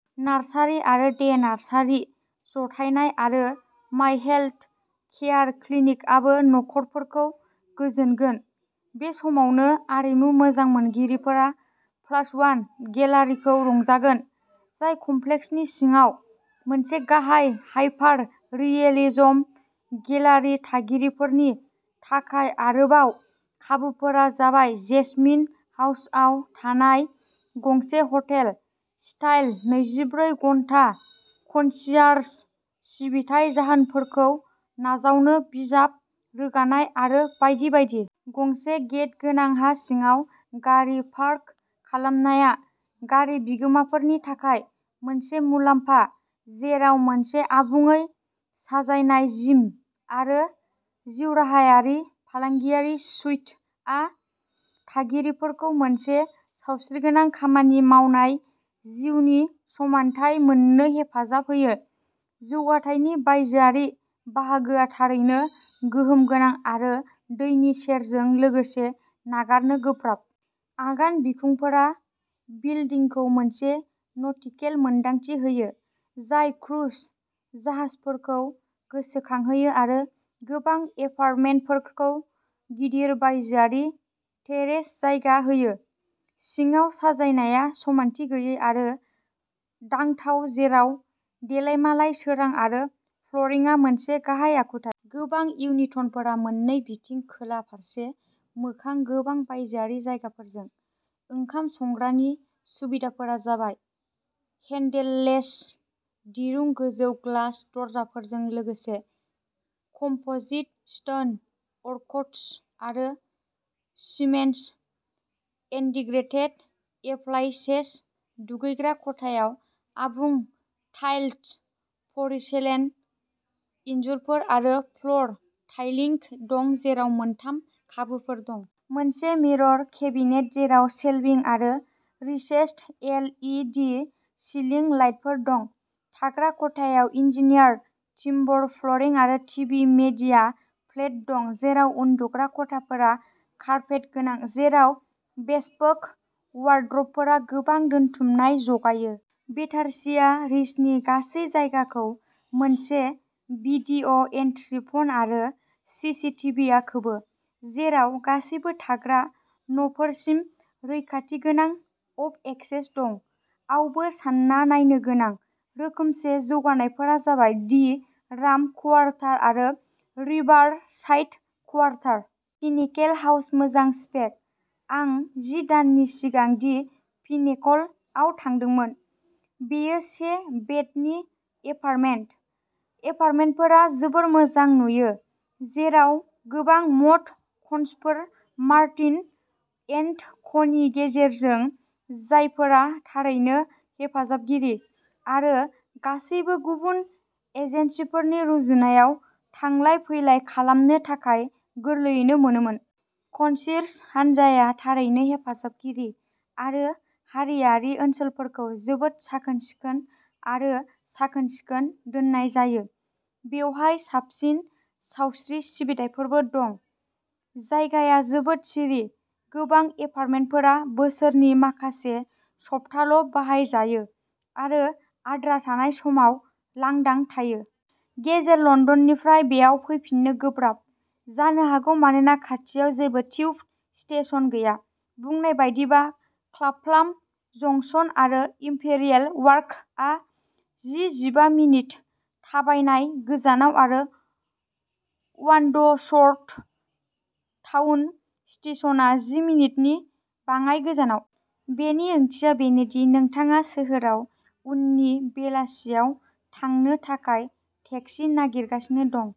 Nursery आरो day nursery जथायनाय आरो मायहेल्थ केयार क्लिनिकआबो नखरफोरखौ गोजोनगोन। बे समावनो आरिमु मोजां मोनगिरिफोरा प्लास वान गेलारिखौ रंजागोन। जाय कमप्लेक्सनि सिङाव मोनसे गाहाय हायपाररियेलिजम गेलारि थागिरिफोरनि थाखाय आरोबाव खाबुफोरा जाबाय जेसमिन हाउसआव थानाय गंसे हटेल स्टाइल नैजिब्रै घन्टा कनसियारज सिबिथाइ जाहोनायफोरखौ नाजावनो बिजाब रोगानाय आरो बायदि बायदि। गंसे गेट गोनां हा सिङाव गारि पार्क खालामनाया गारि बिगोमाफोरनि थाखाय मोनसे मुलाम्फा जेराव मोनसे आबुङै साजायजानाय जिम आरो जिउराहायारि फालांगियारि सुइटआ थागिरिफोरखौ मोनसे सावस्रिगोनां खामानि मावनाय जिउनि समानथाय मोननो हेफाजाब होयो। जौगाथायनि बायजोआरि बाहागोआ थारैनो गोहोम गोनां आरो दैनि सेरजों लोगोसे नागारनो गोब्राब। आगान बिखुंफोरा बिल्दिंखौ मोनसे नटिकेल मोनदांथि होयो जाय क्रुज जाहाजफोरखौ गोसोखांहोयो आरो गोबां एपार्टमेन्टफोरखौ गिदिर बायजोआरि टेरेस जायगा होयो। सिङाव साजायनाया समानथि गैयै आरो दांथाव। जेराव देलायमालाय सोरां आरो फ्लरिंआ मोनसे गाहाय आखुथाय। गोबां इउनिटफोरा मोननै बिथिं खोला फारसे मोखां गोबां बायजोआरि जायगाफोरजों। ओंखाम संग्रानि सुबिदाफोरा जाबाय हेन्डेललेस दिरुं गोजौ ग्लस दरजाफोरजों लोगोसे कम्पोजिट स्टोन वर्कटप्स आरो सीमेन्स इन्टिग्रेटेड एप्लायनसेस। दुगैग्रा खथायाव आबुं टाइलड परसिलेन इनजुरफोर आरो फ्लर टाइलिंग दं जेराव मोनथाम खाबुफोर दं। मोनसे मिरर केबिनेट जेराव शेलभिं आरो recessed L E D ceiling लाइटफोर दं। थाग्रा खथायाव इन्जिनियार्ड टिम्बर फ्लरिं आरो टिभि मीडिया प्लेट दं। जेराव उन्दुग्रा खथाफोरा कारपेट गोनां जेराव बेसपोक वार्ड्रबफोरा गोबां दोनथुमनाय जगायो। बेटारसिया रीचनि गासै जायगाखौ मोनसे भिडिय'एन्ट्रि फन आरो सि सि टि भि आ खोबो जेराव गासैबो थाग्रा नफोरसिम रैखाथि गोनां फब एक्सेस दं। आवबो सानना नायनो गोनां रोखोमसे जौगानायफोरा जाबाय दि राम कुवारटार आरो रिभारसाइड कुवारटार। पिनेकल हाउस मोजां स्पेक। आं जि दाननि सिगां दि पिनेकल आव थांदोंमोन। बेयो से बेडनि एपार्टमेन्ट। एपार्टमेन्टफोरा जोबोद मोजां नुयो जेराव गोबां मड कनसफोर मार्टिन एन्ड कनि गेजेरजों जायफोरा थारैनो हेफाजाबगिरि आरो गासैबो गुबुन एजेन्सिफोरनि रुजुनायाव थांलाय फैलाय खालामनो थाखाय गोरलैयैनो मोनोमोन। कन्सिर्ज हान्जाया थारैनो हेफाजाबगिरि आरो हारियारि ओनसोलफोरखौ जोबोद साखोन-सिखोन आरो साखोन-सिखोन दोननाय जायो। बेवहाय साबसिन सावस्रि सिबिथाइफोरबो दं। जायगाया जोबोद सिरि गोबां एपार्टमेन्टफोरा बोसोरनि माखासे सप्ताल' बाहाय जायो आरो आद्रा थानाय समाव लांदां थायो। गेजेर लन्दननिफ्राय बेयाव फैफिननो गोब्राब जानो हागौ मानोना खाथियाव जेबो टिउब स्टेशन गैया। बुंनाय बादिब्ला क्लाफाम जंक्शन आरो इम्पेरियेल वार्फआ जि जिबा मिनिट थाबायनाय गोजानाव आरो वानडसवर्थ टाउन स्टेशनआ जि मिनिटनि बाङाय गोजानाव। बेनि ओंथिया बेनोदि नोंथाङा सोहोराव उननि बेलासियाव थांनो थाखाय टेक्सि नागिरगासिनो दं।